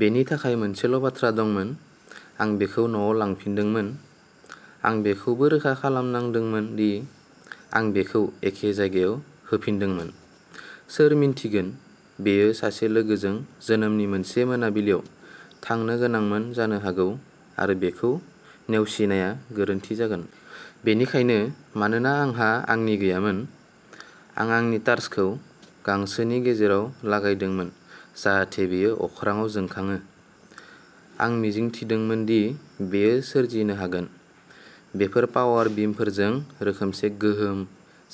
बेनि थाखाय मोनसेल'बाथ्रा दंमोन। आं बेखौ न'आव लांफिनदोंमोन। आं बेखौबो रोखा खालामनांदोंमोन दि आं बेखौ एखे जायगायाव होफिनदोंमोन। सोर मिन्थिगोन-बेयो सासे लोगोजों जोनोमनि मोनसे मोनाबिलियाव थांनो गोनांमोन जानो हागौ आरो बेखौ नेवसिनाया गोरोन्थि जागोन। बेनिखायनो, मानोना आंहा आंनि गैयामोन, आं आंनि टार्चखौ गांसोनि गेजेराव लागायदोंमोन जाहाथे बेयो अख्राङाव जोंखाङो। आं मिजिंथिदोंमोन दि बेयो सोरजिनो हागोन। बेफोर पावार बिमफोरजों रोखोमसे गोहोम,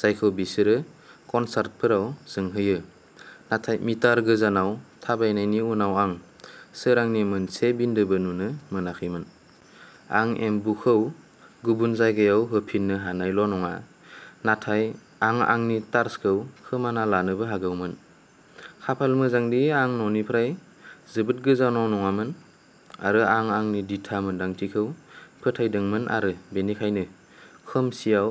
जायखौ बिसोरो कनसार्टफोराव जोंहोयो, नाथाय मिटार गोजानाव थाबायनायनि उनाव आं सोरांनि मोनसे बिन्दोबो नुनो मोनाखैमोन। आं एम्बुखौ गुबुन जायगायाव होफिन्नो हानायल'नङा, नाथाय आं आंनि टार्चखौ खोमाना लानोबो हागौमोन। खाफाल मोजांदि आं न'निफ्राय जोबोद गोजानाव नङामोन आरो आं आंनि दिथा मोनदांथिखौ फोथायदोंमोन आरो बेनिखायनो खोमसिआव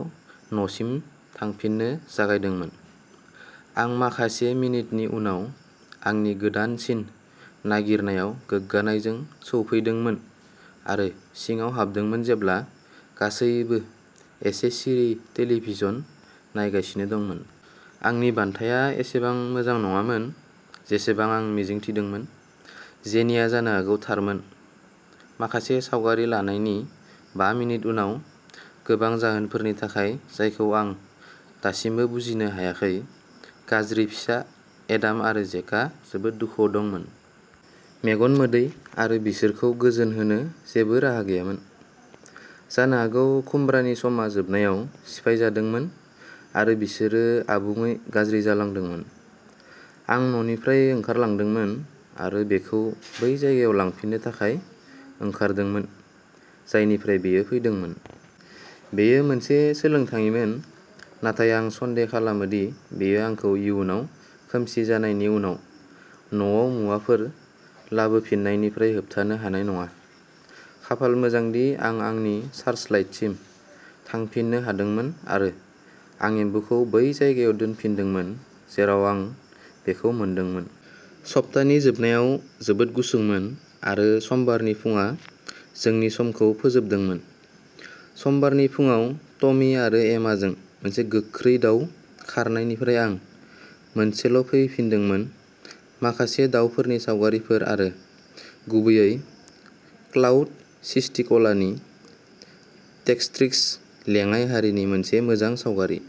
न'सिम थांफिननो जागायदोंमोन। आं माखासे मिनिटनि उनाव आंनि गोदानसिन नागिरनायाव गोग्गानायजों सौफैदोंमोन आरो सिङाव हाबदोंमोन जेब्ला गासैबो एसे सिरि टेलिभिजन नायगासिनो दंमोन। आंनि बान्थाया एसेबां मोजां नङामोन जेसेबां आं मिजिंथिदोंमोन। जेनिआ जानो हागौ थारमोन। माखासे सावगारि लानायनि बा मिनिट उनाव, गोबां जाहोनफोरनि थाखाय जायखौ आं दासिमबो बुजिनो हायाखै, गाज्रि फिसा एडाम आरो जेकआ जोबोद दुखुआव दंमोन। मेगन मोदै आरो बिसोरखौ गोजोन होनो जेबो राहा गैयामोन। जानो हागौ खुमब्रानि समआ जोबनायाव सिफायजादोंमोन आरो बिसोरो आबुङै गाज्रि जालांदोंमोन। आं न'निफ्राय ओंखारलांदोंमोन आरो बेखौ बै जायगायाव लांफिननो थाखाय ओंखारदोंमोन, जायनिफ्राय बेयो फैदोंमोन। बेयो मोनसे सोलोंथायमोन, नाथाय आं सन्देह खालामो दि बेयो आंखौ इयुनाव खोमसि जानायनि उनाव न'आव मुवाफोर लाबोफिन्नायनिफ्राय होबथानो हानाय नङा। खाफाल मोजांदि आं आंनि सार्चलाइटसिम थांफिननो हादोंमोन आरो आं एम्बुखौ बै जायगायाव दोनफिनदोंमोन, जेराव आं बेखौ मोनदोंमोन। सप्तानि जोबनायाव जोबोद गुसुंमोन आरो समबारनि फुंआ जोंनि समखौ फोजोबदोंमोन। समबारनि फुंआव टमी आरो एमाजों मोनसे गोख्रै दाव खारनायनिफ्राय आं मोनसेल'फैफिन्दोंमोन, माखासे दावफोरनि सावगारिफोर आरो गुबैयै क्लाउड सिस्टिक'लानि टेक्सट्रिक्स लेङाइ हारिनि मोनसे मोजां सावगारि।